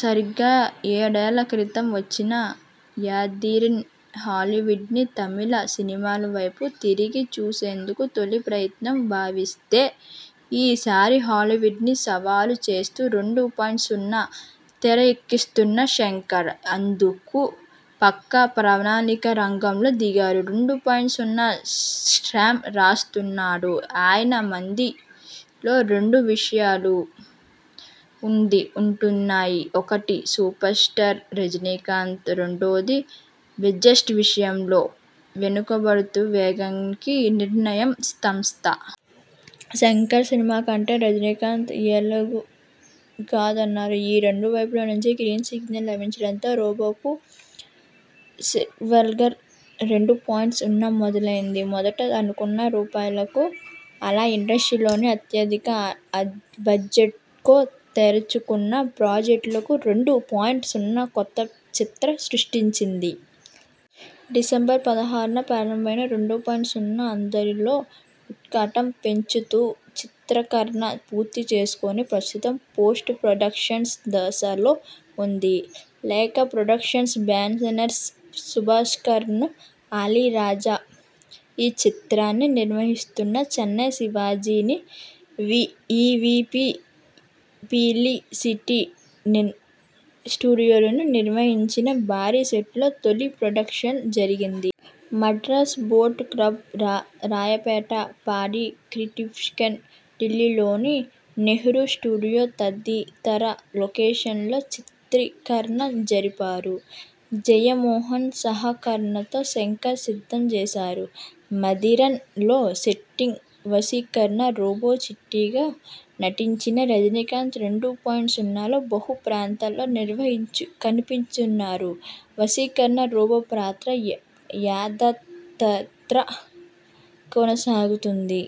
సరిగ్గా ఏడేళ్ల కిత్రం వచ్చిన 'యందిరన్' హాలీవుడ్ని తమిళ సినిమావైపు తిరిగి చూసేందుకు తొలి ప్రయత్నంగా భావిస్తే ఈసారి హాలీవుడ్నే సవాలు చేస్తూ 'రెండు పాయింట్ సున్నా' తెరకెక్కిస్తున్నారు శంకర్. అందుకు పక్కా ప్రణాళికతో రంగంలో దిగారు. 'రెండు పాయింట్ సున్నా' స్క్రిప్ట్ రాస్తున్నప్పుడు ఆయన మదిలో రెండే విషయాలు ఉండి ఉంటాయి ఒకటి సూపర్స్టార్ రజనీకాంత్, రెండోది బడ్జెట్ విషయంలో వెనకడుగు వేయని నిర్మాణ సంస్థ. శంకర్ సినిమా అంటే రజనీకాంత్ ఎలాగూ కాదనరు. ఈ రెండు వైపుల నుంచి గ్రీన్ సిగ్నల్ లభించడంతో 'రోబో'కు సీక్వెల్గా 'రెండు పాయింట్ సున్నా' మొదలైంది. మొదట అనుకొన్న రూపాయలు. అలా ఇండియాలోనే అత్యధిక బడ్జెట్తో తెరకెక్కుతున్న ప్రాజెక్టుగా 'రెండు పాయింట్ సున్నా' కొత్త చరిత్ర సృష్టించింది. డిసెంబర్ పదహారున ప్రారంభమైన 'రెండు పాయింట్ సున్నా' అందరిలో ఉత్కంఠ పెంచుతూ చిత్రీకరణ పూర్తిచేసుకొని ప్రస్తుతం పోస్ట్ ప్రొడక్షన్ దశలో ఉంది. లైకా ప్రొడక్షన్స్ బ్యానర్పై సుభాస్కరన్ అల్లి రాజా ఈ చిత్రాన్ని నిర్మిస్తున్నారు. చెన్నై శివారులోని ఈవీపీ ఫిలిం సిటీ స్టూడియోలో నిర్మించిన భారీ సెట్లో తొలి షెడ్యూల్ జరిగింది. మద్రాస్ బోట్ క్లబ్, రాయపేట, పాడి, ట్రిప్లికేన్, ఢిల్లీలోని నెహ్రూ స్టేడియం తదితర లొకేషన్లలో చిత్రీకరణ జరిపారు. జయమోహన్ సహకారంతో శంకర్ సిద్ధం చేశారు. 'యందిరన్'లో సైంటిస్ట్ వశీకరణ్, రోబో చిట్టిగా నటించిన రజనీకాంత్ 'రెండు పాయింట్ సున్నా'లో బహు పాత్రల్లో కనిపించనున్నారు. వశీకరణ్, రోబో పాత్రలు యథాతథంగా కొనసాగుతాయి.